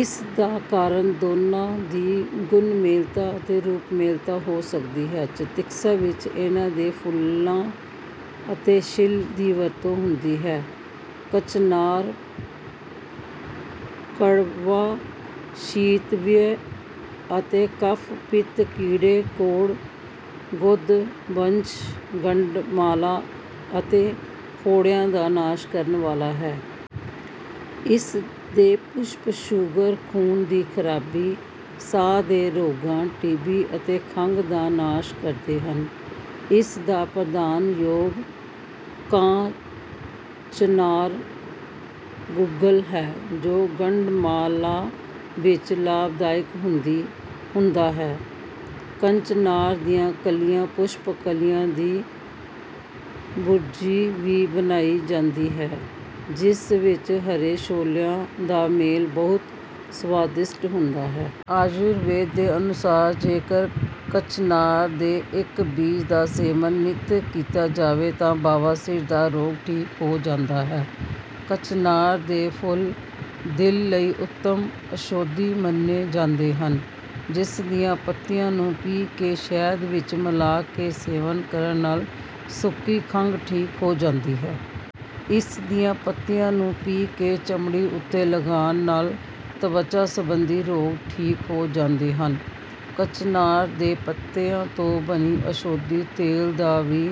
ਇਸ ਦਾ ਕਾਰਨ ਦੋਨਾਂ ਦੀ ਗੁਣਮੇਲਤਾ ਅਤੇ ਰੂਪਮੇਲਤਾ ਹੋ ਸਕਦੀ ਹੈ। ਚਿਕਿਤਸਾ ਵਿੱਚ ਇਨ੍ਹਾਂ ਦੇ ਫੁੱਲਾਂ ਅਤੇ ਛਿੱਲ ਦੀ ਵਰਤੋਂ ਹੁੰਦੀ ਹੈ। ਕਚਨਾਰ ਕੜਵਾ, ਸ਼ੀਤਵੀਰਯ ਅਤੇ ਕਫ਼, ਪਿੱਤ, ਕੀੜੇ, ਕੋਹੜ, ਗੁਦਭ੍ਰੰਸ਼, ਗੰਡਮਾਲਾ ਅਤੇ ਫੋੜਿਆਂ ਦਾ ਨਾਸ਼ ਕਰਨ ਵਾਲਾ ਹੈ। ਇਸ ਦੇ ਪੁਸ਼ਪ ਸ਼ੂਗਰ, ਖ਼ੂਨ ਦੀ ਖ਼ਰਾਬੀ, ਸਾਹ ਦੇ ਰੋਗਾਂ, ਟੀ.ਬੀ. ਅਤੇ ਖੰਘ ਦਾ ਨਾਸ਼ ਕਰਦੇ ਹਨ। ਇਸ ਦਾ ਪ੍ਰਧਾਨ ਯੋਗ 'ਕਾਂਚਨਾਰ ਗੁੱਗੁਲ' ਹੈ ਜੋ ਗੰਡਮਾਲਾ ਵਿੱਚ ਲਾਭਦਾਇਕ ਹੁੰਦਾ ਹੈ। ਕਚਨਾਰ ਦੀਆਂ ਕੱਚੀਆਂ ਪੁਸ਼ਪ-ਕਲੀਆਂ ਦੀ ਭੁਰਜੀ ਵੀ ਬਣਾਈ ਜਾਂਦੀ ਹੈ, ਜਿਸ ਵਿੱਚ ਹਰੇ ਛੋਲਿਆਂ ਦਾ ਮੇਲ ਬਹੁਤ ਸਵਾਦਿਸ਼ਟ ਹੁੰਦਾ ਹੈ। ਆਯੁਰਵੇਦ ਦੇ ਅਨੁਸਾਰ, ਜੇਕਰ ਕਚਨਾਰ ਦੇ ਇੱਕ ਬੀਜ ਦਾ ਸੇਵਨ ਨਿੱਤ ਕੀਤਾ ਜਾਵੇ ਤਾਂ ਬਵਾਸੀਰ ਦਾ ਰੋਗ ਠੀਕ ਹੋ ਜਾਂਦਾ ਹੈ। ਕਚਨਾਰ ਦੇ ਫੁੱਲਦਿਲ ਲਈ ਉੱਤਮ ਔਸ਼ਧੀ ਮੰਨੇ ਜਾਂਦੇ ਹਨ। ਇਸ ਦੀਆਂ ਪੱਤੀਆਂ ਨੂੰ ਪੀਸ ਕੇ ਸ਼ਹਿਦ ਵਿੱਚ ਮਿਲਾ ਕੇ ਸੇਵਨ ਕਰਨ ਨਾਲ ਸੁੱਕੀ ਖੰਘ ਠੀਕ ਹੋ ਜਾਂਦੀ ਹੈ। ਇਸ ਦੀਆਂ ਪੱਤੀਆਂ ਨੂੰ ਪੀਹ ਕੇ ਚਮੜੀ ਉੱਤੇ ਲਗਾਉਣ ਨਾਲ ਤਵਚਾ ਸੰਬੰਧੀ ਰੋਗ ਠੀਕ ਹੋ ਜਾਂਦੇ ਹਨ। ਕਚਨਾਰ ਦੇ ਪੱਤਿਆਂ ਤੋਂ ਬਣੇ ਔਸ਼ਧੀ ਤੇਲ ਦਾ ਵੀ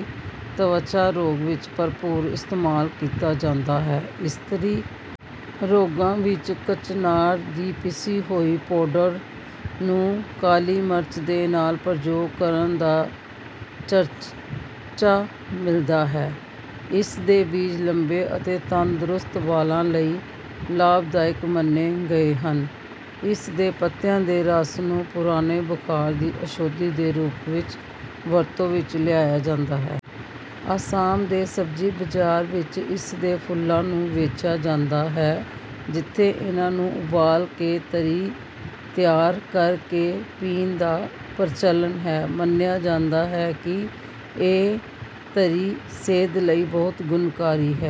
ਤਵਚਾ ਰੋਗਾਂ ਵਿੱਚ ਭਰਪੂਰ ਇਸਤੇਮਾਲ ਕੀਤਾ ਜਾਂਦਾ ਹੈ। ਇਸਤਰੀ ਰੋਗਾਂ ਵਿੱਚ ਕਚਨਾਰ ਦੀ ਪੀਸੀ ਹੋਈ ਪਾਊਡਰ ਨੂੰ ਕਾਲੀ ਮਿਰਚ ਦੇ ਨਾਲ ਪ੍ਰਯੋਗ ਕਰਨ ਦਾ ਚਰਚਾ ਮਿਲਦਾ ਹੈ। ਇਸ ਦੇ ਬੀਜ ਲੰਬੇ ਅਤੇ ਤੰਦਰੁਸਤ ਵਾਲਾਂ ਲਈ ਲਾਭਦਾਇਕ ਮੰਨੇ ਗਏ ਹਨ। ਇਸ ਦੇ ਪੱਤਿਆਂ ਦੇ ਰਸ ਨੂੰ ਪੁਰਾਣੇ ਬੁਖ਼ਾਰ ਦੀ ਔਸ਼ਧੀ ਦੇ ਰੂਪ ਵਿੱਚ ਵਰਤੋਂ ਵਿੱਚ ਲਿਆਇਆ ਜਾਂਦਾ ਹੈ। ਆਸਾਮ ਦੇ ਸਬਜ਼ੀ ਬਾਜ਼ਾਰ ਵਿੱਚ ਇਸ ਦੇ ਫੁੱਲਾਂ ਨੂੰ ਵੇਚਿਆ ਜਾਂਦਾ ਹੈ, ਜਿੱਥੇ ਇਨ੍ਹਾਂ ਨੂੰ ਉਬਾਲ ਕੇ ਤਰੀ ਤਿਆਰ ਕਰ ਕੇ ਪੀਣ ਦਾ ਪ੍ਰਚਲਨ ਹੈ। ਮੰਨਿਆ ਜਾਂਦਾ ਹੈ ਕਿ ਇਹ ਤਰੀ ਸਿਹਤ ਲਈ ਬਹੁਤ ਗੁਣਕਾਰੀ ਹੈ।